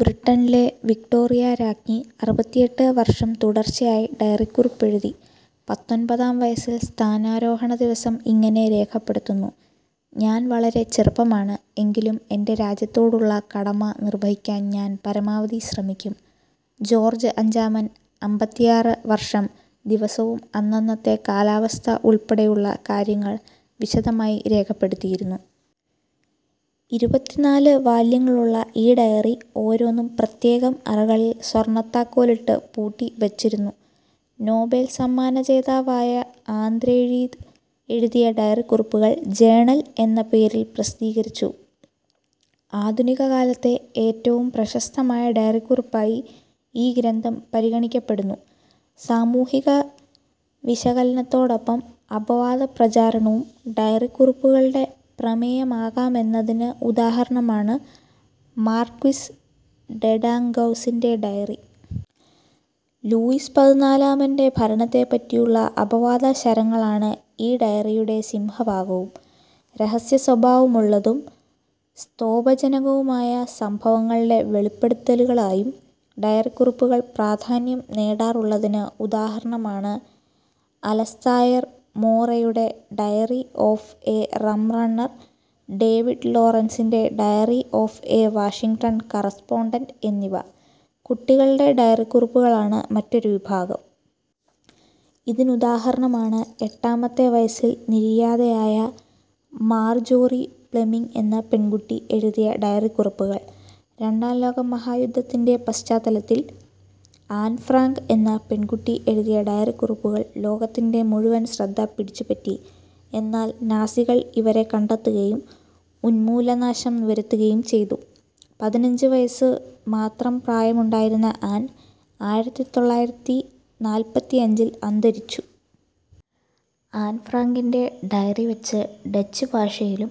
ബ്രിട്ടനിലെ വിക്ടോറിയാ രാജ്ഞി അറുപത്തിഎട്ട് വർഷം തുടർച്ചയായി ഡയറിക്കുറിപ്പെഴുതി. പത്തൊൻപതാം വയസ്സിൽ സ്ഥാനാരോഹണ ദിവസം ഇങ്ങനെ രേഖപ്പെടുത്തുന്നു. ഞാൻ വളരെ ചെറുപ്പമാണ്. എങ്കിലും എന്റെ രാജ്യത്തോടുള്ള കടമ നിർവഹിക്കാൻ ഞാൻ പരമാവധി ശ്രമിക്കും. ജോർജ് അഞ്ചാമൻ അമ്പത്തിആറ് വർഷം ദിവസവും അന്നന്നത്തെ കാലാവസ്ഥ ഉൾപ്പെടെയുള്ള കാര്യങ്ങൾ വിശദമായി രേഖപ്പെടുത്തിയിരുന്നു. ഇരുപത്തിനാല് വാല്യങ്ങളുള്ള ഈ ഡയറി ഓരോന്നും പ്രത്യേകം അറകളിൽ സ്വർണത്താക്കോലിട്ടു പൂട്ടി വച്ചിരുന്നു. നോബൽ സമ്മാന ജേതാവായ ആന്ദ്രേഴീദ് എഴുതിയ ഡയറിക്കുറിപ്പുകൾ ജേണൽ എന്ന പേരിൽ പ്രസിദ്ധീകരിച്ചു. ആധുനിക കാലത്തെ ഏറ്റവും പ്രശസ്തമായ ഡയറിക്കുറിപ്പായി ഈ ഗ്രന്ഥം പരിഗണിക്കപ്പെടുന്നു. സാമൂഹിക വിശകലനത്തോടൊപ്പം അപവാദ പ്രചാരണവും ഡയറിക്കുറിപ്പുകളുടെ പ്രമേയമാകാമെന്നതിന് ഉദാഹരണമാണ് മാർക്വിസ് ഡെ ഡാങ് ഗൗസിന്റെ ഡയറി. ലൂയിസ് പതിനാലാമന്റെ ഭരണത്തെപ്പറ്റിയുള്ള അപവാദശരങ്ങളാണ് ഈ ഡയറിയുടെ സിംഹഭാഗവും. രഹസ്യസ്വഭാവമുള്ളതും സ്തോഭജനകവുമായ സംഭവങ്ങളുടെ വെളിപ്പെടുത്തലുകളായും ഡയറിക്കുറിപ്പുകൾ പ്രാധാന്യം നേടാറുള്ളതിന് ഉദാഹരണമാണ് അലസ്തായർ മോറെയുടെ diary of a rum runner, David ലോറൻസിന്റെ diary of a Washington correspondent എന്നിവ. കുട്ടികളുടെ ഡയറിക്കുറിപ്പുകളാണ് മറ്റൊരു വിഭാഗം. ഇതിനുദാഹരണമാണ് എട്ടാമത്തെ വയസ്സിൽ നിര്യാതയായ മാർജോറി പ്ലെമിങ് എന്ന പെൺകുട്ടി എഴുതിയ ഡയറിക്കുറിപ്പുകൾ. രണ്ടാം ലോകമഹായുദ്ധത്തിന്റെ പശ്ചാത്തലത്തിൽ ആൻഫ്രാങ്ക് എന്ന പെൺകുട്ടി എഴുതിയ ഡയറിക്കുറിപ്പുകൾ ലോകത്തിന്റെ മുഴുവൻ ശ്രദ്ധ പിടിച്ചുപറ്റി. എന്നാൽ നാസികൾ ഇവരെ കണ്ടെത്തുകയും ഉൻമൂല നാശം വരുത്തുകയും ചെയ്തു. പതിനഞ്ചു വയസ്സു മാത്രം പ്രായമുണ്ടായിരുന്ന ആൻ ആയിരത്തിതൊള്ളായിരത്തിനാല്പത്തിയഞ്ചിൽ അന്തരിച്ചു. ആൻ ഫ്രാങ്കിന്റെ ഡയറി ഡച്ച് ഭാഷയിലും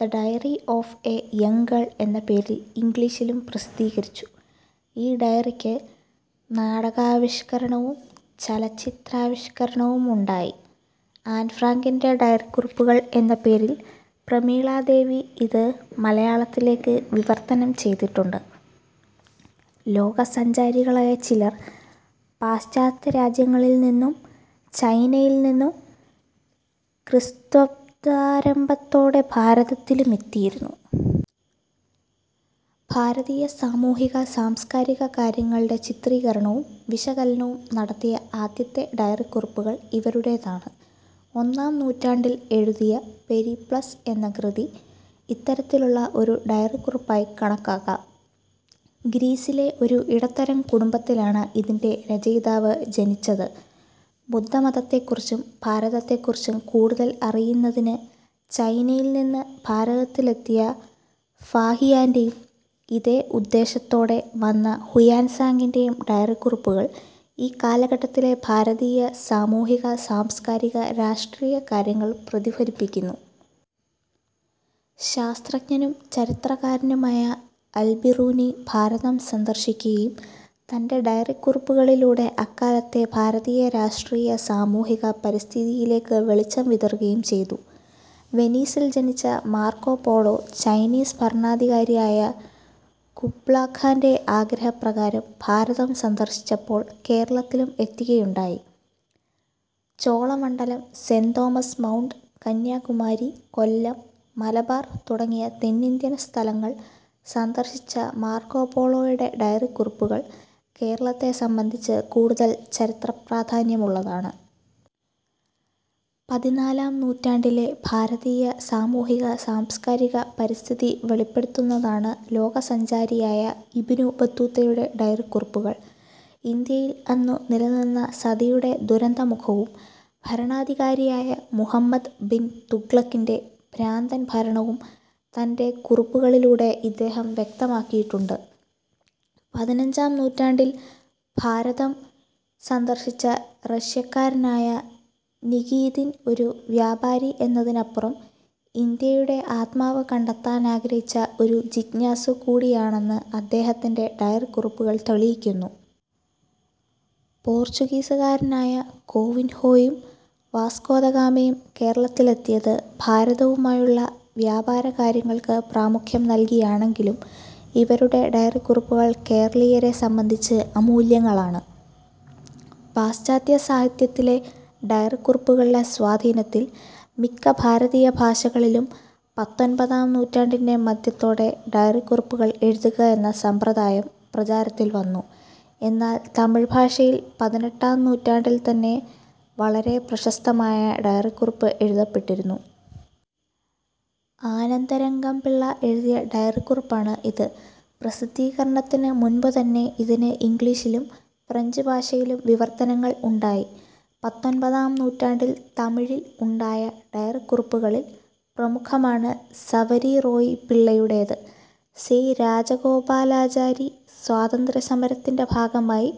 the diary of a young girl എന്ന പേരിൽ ഇംഗ്ലീഷിലും പ്രസിദ്ധീകരിച്ചു. ഈ ഡയറിക്ക് നാടകാവിഷ്കരണവും ചലച്ചിത്രാവിഷ്കരണവുമുണ്ടായി. ആൻ ഫ്രാങ്കിന്റെ ഡയറിക്കുറിപ്പുകൾ എന്ന പേരിൽ പ്രമീളാദേവി ഇത് മലയാളത്തിലേക്കു വിവർത്തനം ചെയ്തിട്ടുണ്ട്. ലോകസഞ്ചാരികളായ ചിലർ പാശ്ചാത്യ രാജ്യങ്ങളിൽ നിന്നും ചൈനയിൽ നിന്നും ക്രിസ്ത്വബ്ദാരംഭത്തോടെ ഭാരതത്തിലു മെത്തിയിരുന്നു. ഭാരതീയ സാമൂഹിക സാംസ്കാരിക കാര്യങ്ങളുടെ ചിത്രീകരണവും വിശകലനവും നടത്തിയ ആദ്യത്തെ ഡയറിക്കുറിപ്പുകൾ ഇവരുടേതാണ്. ഒന്നാം നൂറ്റാണ്ടിൽ എഴുതിയ പെരിപ്ലസ് എന്ന കൃതി ഇത്തരത്തിലുള്ള ഒരു ഡയറിക്കുറിപ്പായി കണക്കാക്കാം. ഗ്രീസിലെ ഒരു ഇടത്തരം കുടുംബത്തിലാണ് ഇതിന്റെ രചയിതാവ് ജനിച്ചത്. ബുദ്ധമതത്തെക്കുറിച്ചും ഭാരതത്തെക്കുറിച്ചും കൂടുതൽ അറിയുന്നതിന് ചൈനയിൽ നിന്ന് ഭാരതത്തിലെത്തിയ ഫാഹിയാന്റെയും ഇതേ ഉദ്ദേശ്യത്തോടെ വന്ന ഹുയാൻ സാങിന്റെയും ഡയറിക്കുറിപ്പുകൾ ഈ കാലഘട്ടങ്ങളിലെ ഭാരതീയ സാമൂഹിക, സാംസ്കാരിക, രാഷ്ട്രീയ കാര്യങ്ങൾ പ്രതിഫലിപ്പിക്കുന്നു. ശാസ്ത്രജ്ഞനും ചരിത്രകാരനുമായ അൽബിറൂനി ഭാരതം സന്ദർശിക്കുകയും തന്റെ ഡയറിക്കുറിപ്പുകളിലൂടെ അക്കാലത്തെ ഭാരതീയ രാഷ്ട്രീയ സമൂഹിക പരിസ്ഥിതിയിലേക്കു വെളിച്ചം വിതറുകയും ചെയ്തു. വെനീസിൽ ജനിച്ച മാർക്കോപോളോ ചൈനീസ് ഭരണാധികാരിയായ കുബ്ലാഖാന്റെ ആഗ്രഹപ്രകാരം ഭാരതം സന്ദർശിച്ചപ്പോൾ കേരളത്തിലും എത്തുകയുണ്ടായി. Cholamandalam, Saint Thomas Mount, Kanyakumari, Kollam, Malabar തുടങ്ങിയ തെന്നിന്ത്യൻ സ്ഥലങ്ങൾ സന്ദർശിച്ച മാർക്കോപോളോയുടെ ഡയറിക്കുറിപ്പുകൾ കേരളത്തെ സംബന്ധിച്ച് കൂടുതൽ ചരിത്ര പ്രാധാന്യമുള്ളതാണ്. പതിനാലാം നൂറ്റണ്ടിലെ ഭാരതീയ സാമൂഹിക, സാംസ്കാരിക, പരിസ്ഥിതി വെളിപ്പെടുത്തുന്നതാണ് ലോകസഞ്ചാരിയായ ഇബ്നു ബത്തൂത്തയുടെ ഡയറിക്കുറിപ്പുകൾ. ഇന്ത്യയിൽ അന്നു നിലനിന്ന സതിയുടെ ദുരന്തമുഖവും ഭരണാധികാരിയായ മുഹമ്മദ് ബിൻ തുഗ്ലക്കിന്റെ ഭ്രാന്തൻ ഭരണവും തന്റെ കുറിപ്പുകളിലൂടെ ഇദ്ദേഹം വ്യക്തമാക്കിയിട്ടുണ്ട്. പതിനഞ്ചാം നൂറ്റാണ്ടിൽ ഭാരതം സന്ദർശിച്ച റഷ്യക്കാരനായ നികീതിൻ ഒരു വ്യാപാരി എന്നതിനപ്പുറം ഇന്ത്യയുടെ ആത്മാവ് കണ്ടെത്താനാഗ്രഹിച്ച ഒരു ജിജ്ഞാസു കൂടിയാണെന്ന് അദ്ദേഹത്തിന്റെ ഡയറിക്കുറിപ്പുകൾ തെളിയിക്കുന്നു. പോർച്ചുഗീസുകാരനായ കോവിൻഹോയും വാസ്കോ ദെ ഗാമയും കേരളത്തിലെത്തിയത് ഭാരതവുമായുള്ള വ്യാപാരകാര്യങ്ങൾക്കു പ്രാമുഖ്യം നൽകിയാണെങ്കിലും ഇവരുടെ ഡയറിക്കുറിപ്പുകൾ കേരളീയരെ സംബന്ധിച്ച് അമൂല്യങ്ങളാണ്. പാശ്ചാത്യ സാഹിത്യത്തിലെ ഡയറിക്കുറിപ്പുകളുടെ സ്വാധീനത്തിൽ മിക്ക ഭാരതീയ ഭാഷകളിലും പത്തൊൻപതാം നൂറ്റണ്ടിന്റെ മധ്യത്തോടെ ഡയറിക്കുറിപ്പുകൾ എഴുതുക എന്ന സമ്പ്രദായം പ്രചാരത്തിൽവന്നു. എന്നാൽ തമിഴ് ഭാഷയിൽ പതിനെട്ടാം നൂറ്റാണ്ടിൽ തന്നെ വളരെ പ്രശസ്തമായ ഡയറിക്കുറിപ്പ് എഴുതപ്പെട്ടിരുന്നു. ആനന്ദരംഗംപിള്ള എഴുതിയ ഡയറിക്കുറിപ്പാണ് ഇത്. പ്രസിദ്ധീകരണത്തിനു മുൻപു തന്നെ ഇതിന് ഇംഗ്ലീഷിലും ഫ്രഞ്ച് ഭാഷയിലും വിവർത്തനങ്ങൾ ഉണ്ടായി. പത്തൊൻപതാം നൂറ്റാണ്ടിൽ തമിഴിൽ ഉണ്ടായ ഡയറിക്കുറിപ്പുകളിൽ പ്രമുഖമാണ് സവരിറോയപിള്ളൈയുടേത്. സി. രാജഗോപാലാചാരി സ്വാതന്ത്ര്യ സമരത്തിന്റെ ഭാഗമായി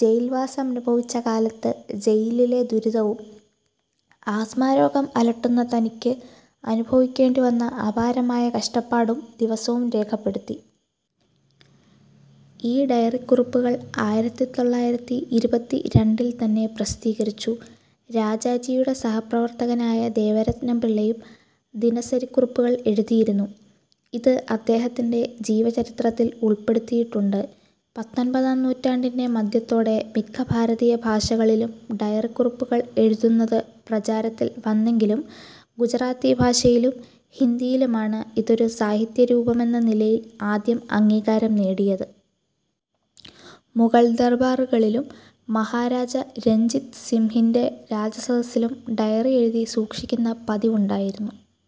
ജയിൽവാസമനുഭവിച്ച കാലത്ത് ജയിലിലെ ദുരിതവും ആസ്മാരോഗം അലട്ടുന്ന തനിക്ക് അനുഭവിക്കേണ്ടിവന്ന അപാരമായ കഷ്ടപ്പാടും ദിവസവും രേഖപ്പെടുത്തി. ഈ ഡയറിക്കുറിപ്പുകൾ ആയിരത്തിതൊള്ളായിരത്തിഇരുപത്തിരണ്ടിൽ തന്നെ പ്രസിദ്ധീകരിച്ചു. രാജാജിയുടെ സഹപ്രവർത്തകനായ വേദരത്നംപിള്ളയും ദിനസരിക്കുറിപ്പുകൾ എഴുതിയിരുന്നു. ഇത് ഇദ്ദേഹത്തിന്റെ ജീവചരിത്രത്തിൽ ഉൾപ്പെടുത്തിയിട്ടുണ്ട്. പത്തൊൻപതാം നൂറ്റാണ്ടിന്റെ മധ്യത്തോടെ മിക്ക ഭാരതീയ ഭാഷകളിലും ഡയറിക്കുറിപ്പുകൾ എഴുതുന്നത് പ്രചാരത്തിൽ വന്നെങ്കിലും ഗുജറാത്തി ഭാഷയിലും ഹിന്ദിയിലുമാണ് ഇത് ഒരു സാഹിത്യരൂപമെന്ന നിലയിൽ ആദ്യം അംഗീകാരം നേടിയത്. മുഗൾ ദർബാറുകളിലും മഹാരാജാ രഞ്ജിത് സിംഹിന്റെ രാജസദസ്സിലും ഡയറി എഴുതി സൂക്ഷിക്കുന്ന പതിവുണ്ടായിരുന്നു.